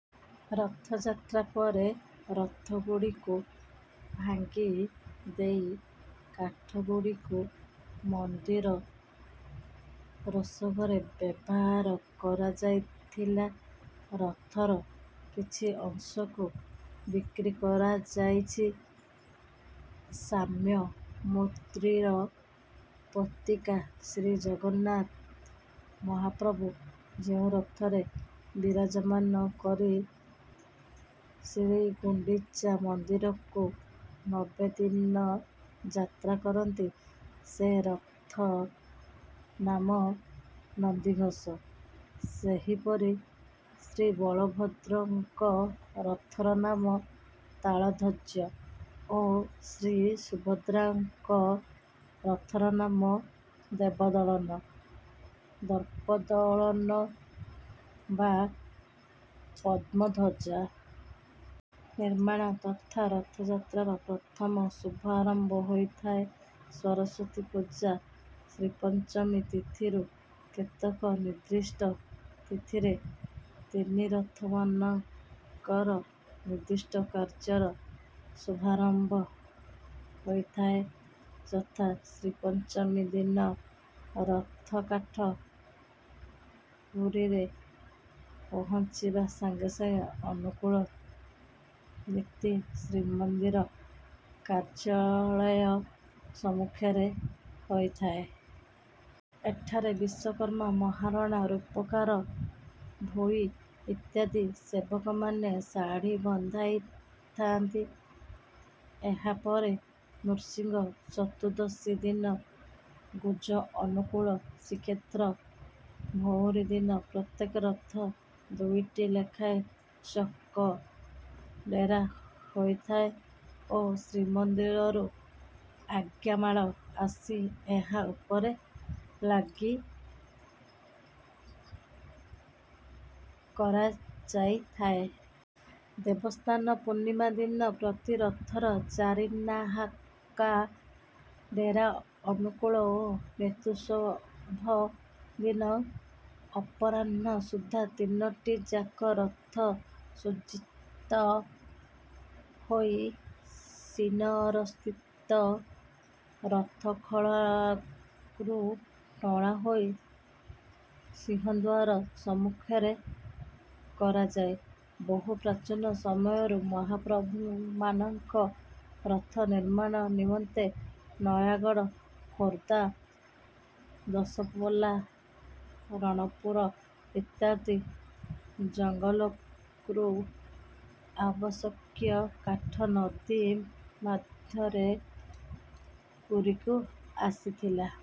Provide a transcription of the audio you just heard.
ରଥଯାତ୍ରା ପରେ ରଥଗୁଡ଼ିକୁ ଭାଙ୍ଗି ଦେଇ, କାଠଗୁଡ଼ିକୁ ମନ୍ଦିର ରୋଷଘରେ ବ୍ୟବହାର କରାଯାଇଥିଲା, ରଥର କିଛି ଅଂଶକୁ ବିକ୍ରି କରାଯାଇଛି। ସାମ୍ୟ-ମୈତ୍ରୀର ପ୍ରତିକା ଶ୍ରୀଜଗନ୍ନାଥ ମହାପ୍ରଭୁ ଯେଉଁ ରଥରେ ବିରାଜମାନ କରି ଶ୍ରୀଗୁଣ୍ଡିଚା ମନ୍ଦିରକୁ ନବେଦିନ ଯାତ୍ରା କରନ୍ତି, ସେ ରଥର ନାମ ନନ୍ଦିଘୋଷ। ସେହିପରି ଶ୍ରୀବଳଭଦ୍ରଙ୍କ ରଥ ନାମ ତାଳଧ୍ୱଜ ଓ ଶ୍ରୀସୁଭଦ୍ରାଙ୍କ ରଥର ନାମ ଦେବଦଳନ, ଦର୍ପଦଳନ ବା ପଦ୍ମଧ୍ୱଜା । ନିର୍ମାଣ ତଥା ରଥଯାତ୍ରାର ପ୍ରଥମ ଶୁଭାରମ୍ଭ ହୋଇଥାଏ ସରସ୍ୱତୀ ପୂଜା ଶ୍ରୀପଞ୍ଚମୀ ତିଥିରୁ। କେତେକ ନିର୍ଦ୍ଦିଷ୍ଟ ତିଥିରେ ତିନି ରଥମାନଙ୍କର ନିର୍ଦ୍ଦିଷ୍ଟ କାର୍ଯ୍ୟର ଶୁଭାରମ୍ଭ ହୋଇଥାଏ। ଯଥା ଶ୍ରୀପଞ୍ଚମୀ ଦିନ ରଥକାଠ ପୁରୀରେ ପହଞ୍ଚିବା ସାଙ୍ଗେ ସାଙ୍ଗେ ଅନୁକୂଳ ନୀତି ଶ୍ରୀମନ୍ଦିର କାର୍ଯ୍ୟାଳୟ ସମ୍ମୁଖରେ ହୋଇଥାଏ। ଏଠାରେ ବିଶ୍ୱକର୍ମା ମହାରଣା, ରୂପକାର, ଭୋଇ ଇତ୍ୟାଦି ସେବକମାନେ ଶାଢ଼ୀ ବନ୍ଧାଇଥାନ୍ତି। ଏହା ପରେ ନୃସିଂହ ଚତୁର୍ଦ୍ଦଶୀ ଦିନ ଗୁଜ ଅନୁକୂଳ, ଶ୍ରୀକ୍ଷେତ୍ର ଭଉଁରୀ ଦିନ ପ୍ରତ୍ୟେକ ରଥ ଦୁଇଟି ଲେଖାଏଁ ଚକ ଡେରା ହୋଇଥାଏ ଓ ଶ୍ରୀମନ୍ଦିରରୁ ଆଜ୍ଞାମାଳ ଆସି ଏହା ଉପରେ ଲାଗି କରାଯାଇଥାଏ। ଦେବସ୍ନାନ ପୂର୍ଣ୍ଣିମା ଦିନ ପ୍ରତି ରଥର ଚାରିନାହାକା ଡେରା ଅନୁକୂଳ ଓ ନେତ୍ରୋତ୍ସବ ଦ ଦିନ ଅପରାହ୍ନ ସୁଦ୍ଧା ତିନୋଟି ଯାକ ରଥ ସୁଜ୍ଜିତ ହୋଇ ଶ୍ରୀନଅର ସ୍ଥିତ ରଥଖଳାରୁ ଟଣା ହୋଇ ସିଂହଦ୍ୱାର ସମ୍ମୁଖରେ କରାଯାଏ। ବହୁ ପ୍ରାଚୀନ ସମୟରୁ ମହାପ୍ରଭୁମାନଙ୍କ ରଥ ନିର୍ମାଣ ନିମନ୍ତେ ନୟାଗଡ଼, ଖୋର୍ଦ୍ଧା, ଦଶପଲ୍ଲା, ରଣପୁର ଇତ୍ୟାଦି ଜଙ୍ଗଲରୁ ଆବଶ୍ୟକୀୟ କାଠ ନଦୀ ମାଧ୍ୟରେ ପୁରୀକୁ ଆସୁଥିଲା।